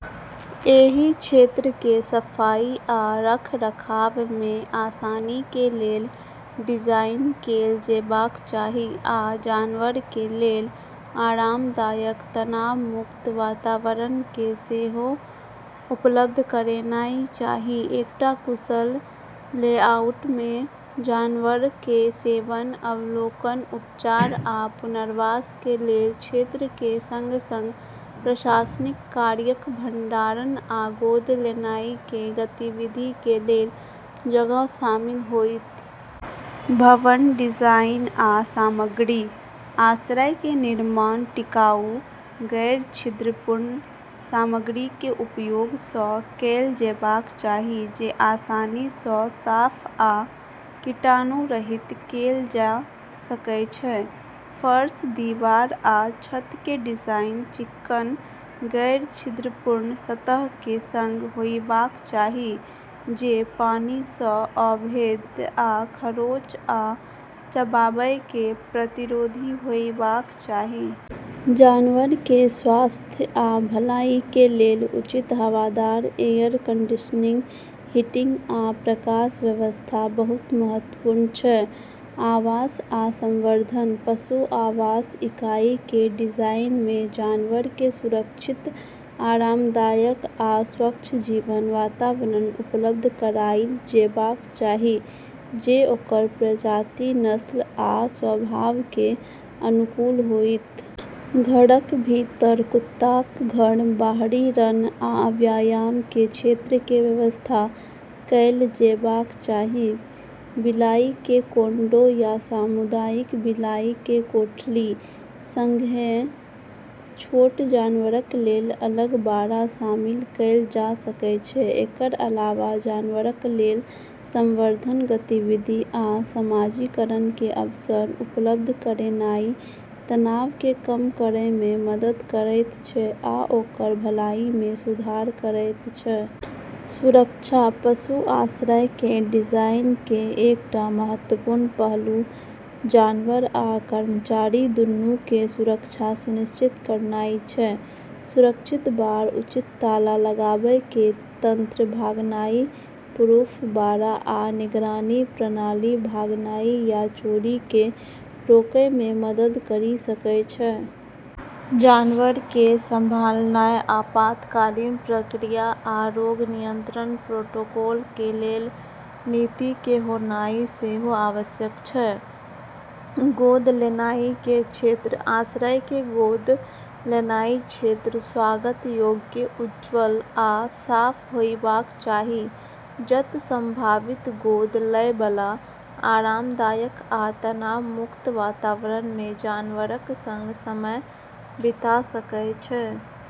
एहि क्षेत्रके सफाइ आ रखरखावमे आसानीके लेल डिजाइन कैल जेबाक चाही, आ जानवरके लेल आरामदायक, तनाव मुक्त वातावरणके सेहो उपलब्ध करेनाइ चाही। एकटा कुशल लेआउटमे जानवरके सेवन, अवलोकन, उपचार, आ पुनर्वासके लेल क्षेत्रके सङ्ग- सङ्ग प्रशासनिक कार्यक, भंडारण आ गोद लेनाइके गतिविधिके लेल जगह शामिल होइत। भवन डिजाइन आ सामग्री: आश्रयके निर्माण टिकाऊ, गैर-छिद्रपूर्ण सामग्रीके उपयोगसँ कैल जेबाक चाही जे आसानीसँ साफ आ कीटाणुरहित कैल जा सकै छै। फर्श, दीवार आ छतके डिजाइन चिक्कन, गैर-छिद्रपूर्ण सतहके सङ्ग होइबाक चाही, जे पानिसँ अभेद्य आ खरोंच आ चबाबैके प्रतिरोधी होइबाक चाही। जानवरके स्वास्थ्य आ भलाइके लेल उचित हवादार, एयर कंडीशनिंग, हीटिंग, आ प्रकाश व्यवस्था बहुत महत्वपूर्ण छै। आवास आ संवर्धन: पशु आवास इकाइके डिजाइनमे जानवरके सुरक्षित, आरामदायक आ स्वच्छ जीवन वातावरण उपलब्ध कराइल जेबाक चाही, जे ओकर प्रजाति, नस्ल आ स्वभावके अनुकूल होइत। घरक भीतर कुत्ताक घर, बाहरी रन, आ व्यायामके क्षेत्रके व्यवस्था कैल जेबाक चाही। बिलाइके कोंडो या सामुदायिक बिलाइके कोठली, सङ्गहेँ छोट जानवरक लेल अलग बाड़ा, शामिल कैल जा सकै छै। एकर अलावा, जानवरक लेल संवर्धन गतिविधि आ समाजीकरणके अवसर उपलब्ध करेनाइ तनावके कम करैमे मदद करैत छै आ ओकर भलाइमे सुधार करैत छै। सुरक्षा: पशु आश्रयके डिजाइनके एकटा महत्वपूर्ण पहलू जानवर आ कर्मचारी दुन्नूके सुरक्षा सुनिश्चित करनाइ छै। सुरक्षित बाड़, उचित ताला लगाबैके तंत्र, भागनाइ -प्रूफ बाड़ा, आ निगरानी प्रणाली भागनाइ या चोरीके रोकैमे मदद करि सकै छै। जानवरके संभालनाइ, आपातकालीन प्रक्रिया, आ रोग नियंत्रण प्रोटोकॉलके लेल नीतिके होनाइ सेहो आवश्यक छै। गोद लेनाइके क्षेत्र: आश्रयके गोद लेनाइके क्षेत्र स्वागत योग्य, उज्ज्वल आ साफ होइबाक चाही, जत' संभावित गोद लैबला आरामदायक आ तनाव मुक्त वातावरणमे जानवरक सङ्ग समय बिता सकै छै।